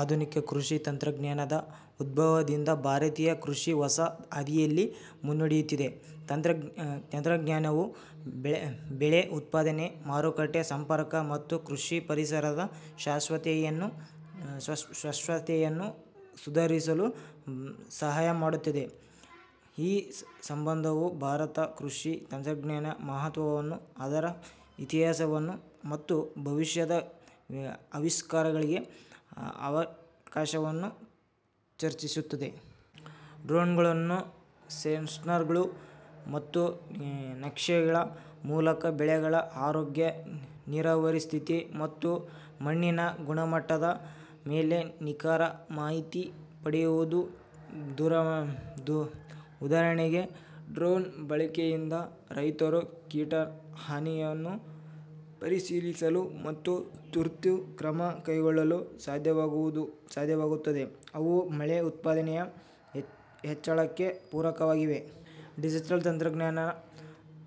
ಆಧುನಿಕ ಕೃಷಿ ತಂತ್ರಜ್ಞಾನದ ಉದ್ಭವದಿಂದ, ಭಾರತೀಯ ಕೃಷಿ ಹೊಸ ಹಾದಿಯಲ್ಲಿ ಮುನ್ನಡೆಯುತ್ತಿದೆ. ತಂತ್ರಜ್ಞಾನವು ಬೆಳೆ ಉತ್ಪಾದನೆ, ಮಾರುಕಟ್ಟೆ ಸಂಪರ್ಕ, ಮತ್ತು ಕೃಷಿ ಪರಿಸರದ ಶಾಶ್ವತತೆಯನ್ನು ಸುಧಾರಿಸಲು ಸಹಾಯ ಮಾಡುತ್ತಿದೆ. ಈ ಪ್ರಬಂಧವು ಭಾರತದ ಕೃಷಿ ತಂತ್ರಜ್ಞಾನದ ಮಹತ್ವವನ್ನು, ಅದರ ಇತಿಹಾಸವನ್ನು, ಮತ್ತು ಭವಿಷ್ಯದ ಆವಿಷ್ಕಾರಗಳಿಗೆ ಅವಕಾಶವನ್ನು ಚರ್ಚಿಸುತ್ತದೆ. ಡ್ರೋನ್ಗಳು, ಸೆನ್ಸಾರ್ಗಳು, ಮತ್ತು ನಕ್ಷೆಗಳ ಮೂಲಕ ಬೆಳೆಗಳ ಆರೋಗ್ಯ, ನೀರಾವರಿ ಸ್ಥಿತಿ, ಮತ್ತು ಮಣ್ಣಿನ ಗುಣಮಟ್ಟದ ಮೇಲೆ ನಿಖರ ಮಾಹಿತಿ ಪಡೆಯಬಹುದು. ಉದಾಹರಣೆಗೆ, ಡ್ರೋನ್ ಬಳಕೆಯಿಂದ ರೈತರು ಕೀಟ ಹಾನಿಯನ್ನು ಪರಿಶೀಲಿಸಲು ಮತ್ತು ತುರ್ತು ಕ್ರಮ ಕೈಗೊಳ್ಳಲು ಸಾಧ್ಯವಾಗುತ್ತದೆ. ಇವು ಬೆಳೆ ಉತ್ಪಾದನೆಯ ಹೆಚ್ಚಳಕ್ಕೆ ಪೂರಕವಾಗಿದೆ. ಡಿಜಿಟಲ್ ತಂತ್ರಜ್ಞಾನ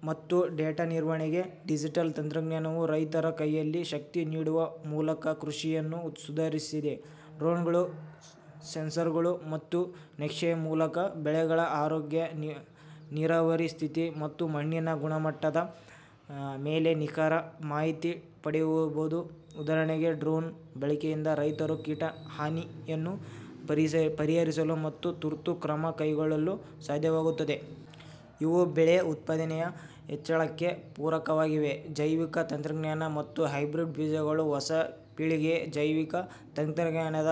ಮತ್ತು ಡೇಟಾ ನಿರ್ವಹಣೆ ಡಿಜಿಟಲ್ ತಂತ್ರಜ್ಞಾನವು ರೈತರ ಕೈಯಲ್ಲಿ ಶಕ್ತಿ ನೀಡುವ ಮೂಲಕ ಕೃಷಿಯನ್ನು ಸುಧಾರಿಸಿದೆ. ಡ್ರೋನ್ಗಳು, ಸೆನ್ಸಾರ್ಗಳು, ಮತ್ತು ನಕ್ಷೆಗಳ ಮೂಲಕ ಬೆಳೆಗಳ ಆರೋಗ್ಯ, ನೀರಾವರಿ ಸ್ಥಿತಿ, ಮತ್ತು ಮಣ್ಣಿನ ಗುಣಮಟ್ಟದ ಮೇಲೆ ನಿಖರ ಮಾಹಿತಿ ಪಡೆಯಬಹುದು. ಉದಾಹರಣೆಗೆ, ಡ್ರೋನ್ ಬಳಕೆಯಿಂದ ರೈತರು ಕೀಟ ಹಾನಿಯನ್ನು ಪರಿಶೀಲಿಸಲು ಮತ್ತು ತುರ್ತು ಕ್ರಮ ಕೈಗೊಳ್ಳಲು ಸಾಧ್ಯವಾಗುತ್ತದೆ. ಇವು ಬೆಳೆ ಉತ್ಪಾದನೆಯ ಹೆಚ್ಚಳಕ್ಕೆ ಪೂರಕವಾಗಿದೆ. ಜೈವಿಕ ತಂತ್ರಜ್ಞಾನ ಮತ್ತು ಹೈಬ್ರಿಡ್ ಬೀಜಗಳು ಹೊಸ ಪೀಳಿಗೆಯ ಜೈವಿಕ ತಂತ್ರಜ್ಞಾನದ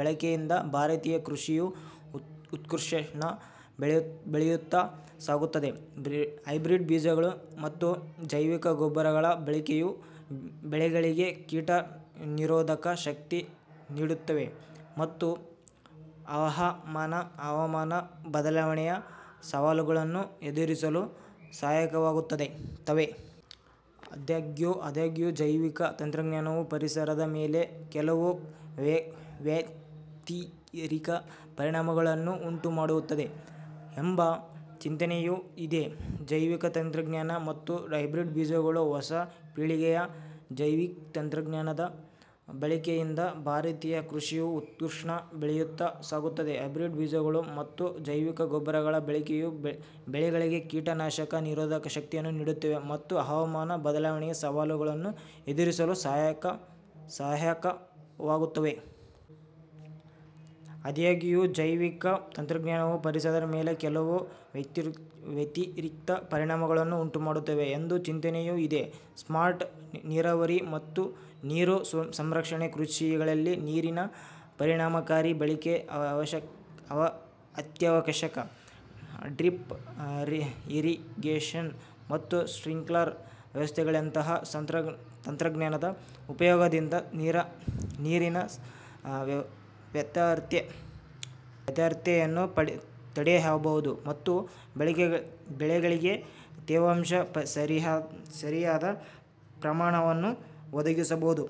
ಬಳಕೆಯಿಂದ, ಭಾರತೀಯ ಕೃಷಿಯು ಉತ್ಕೃಷ್ಟ ಬೆಳೆಯತ್ತ ಸಾಗುತ್ತಿದೆ. ಹೈಬ್ರಿಡ್ ಬೀಜಗಳು ಮತ್ತು ಜೈವಿಕ ಗೊಬ್ಬರಗಳ ಬಳಕೆಯು ಬೆಳೆಗಳಿಗೆ ಕೀಟ ನಿರೋಧಕ ಶಕ್ತಿ ನೀಡುತ್ತಿವೆ, ಮತ್ತು ಹವಾಮಾನ ಬದಲಾವಣೆಯ ಸವಾಲುಗಳನ್ನು ಎದುರಿಸಲು ಸಹಾಯಕವಾಗುತ್ತವೆ. ಆದಾಗ್ಯೂ, ಜೈವಿಕ ತಂತ್ರಜ್ಞಾನವು ಪರಿಸರದ ಮೇಲೆ ಕೆಲವು ವ್ಯತಿರಿಕ್ತ ಪರಿಣಾಮಗಳನ್ನು ಉಂಟುಮಾಡುತ್ತದೆ ಎಂಬ ಚಿಂತನೆಯೂ ಇದೆ. ಜೈವಿಕ ತಂತ್ರಜ್ಞಾನ ಮತ್ತು ಹೈಬ್ರಿಡ್ ಬೀಜಗಳು ಹೊಸ ಪೀಳಿಗೆಯ ಜೈವಿಕ ತಂತ್ರಜ್ಞಾನದ ಬಳಕೆಯಿಂದ, ಭಾರತೀಯ ಕೃಷಿಯು ಉತ್ಕೃಷ್ಟ ಬೆಳೆಯತ್ತ ಸಾಗುತ್ತಿದೆ. ಹೈಬ್ರಿಡ್ ಬೀಜಗಳು ಮತ್ತು ಜೈವಿಕ ಗೊಬ್ಬರಗಳ ಬಳಕೆಯು ಬೆಳೆಗಳಿಗೆ ಕೀಟ ನಿರೋಧಕ ಶಕ್ತಿ ನೀಡುತ್ತಿವೆ, ಮತ್ತು ಹವಾಮಾನ ಬದಲಾವಣೆಯ ಸವಾಲುಗಳನ್ನು ಎದುರಿಸಲು ಸಹಾಯಕವಾಗುತ್ತವೆ. ಆದಾಗ್ಯೂ, ಜೈವಿಕ ತಂತ್ರಜ್ಞಾನವು ಪರಿಸರದ ಮೇಲೆ ಕೆಲವು ವ್ಯತಿರಿಕ್ತ ಪರಿಣಾಮಗಳನ್ನು ಉಂಟುಮಾಡುತ್ತದೆ ಎಂಬ ಚಿಂತನೆಯೂ ಇದೆ. ಸ್ಮಾರ್ಟ್ ನೀರಾವರಿ ಮತ್ತು ನೀರು ಸಂರಕ್ಷಣೆ ಕೃಷಿಯಲ್ಲಿ ನೀರಿನ ಪರಿಣಾಮಕಾರಿ ಬಳಕೆ ಅತ್ಯಾವಶ್ಯಕ. ಡ್ರಿಪ್ ಇರಿಗೇಶನ್ ಮತ್ತು ಸ್ಪ್ರಿಂಕ್ಲರ್ ವ್ಯವಸ್ಥೆಗಳಂತಹ ತಂತ್ರಜ್ಞಾನದ ಉಪಯೋಗದಿಂದ, ನೀರಿನ ವ್ಯರ್ಥತೆಯನ್ನು ತಡೆಯಬಹುದು ಮತ್ತು ಬೆಳೆಗಳಿಗೆ ತೇವಾಂಶದ ಸರಿಯಾದ ಪ್ರಮಾಣವನ್ನು ಒದಗಿಸಬಹುದು.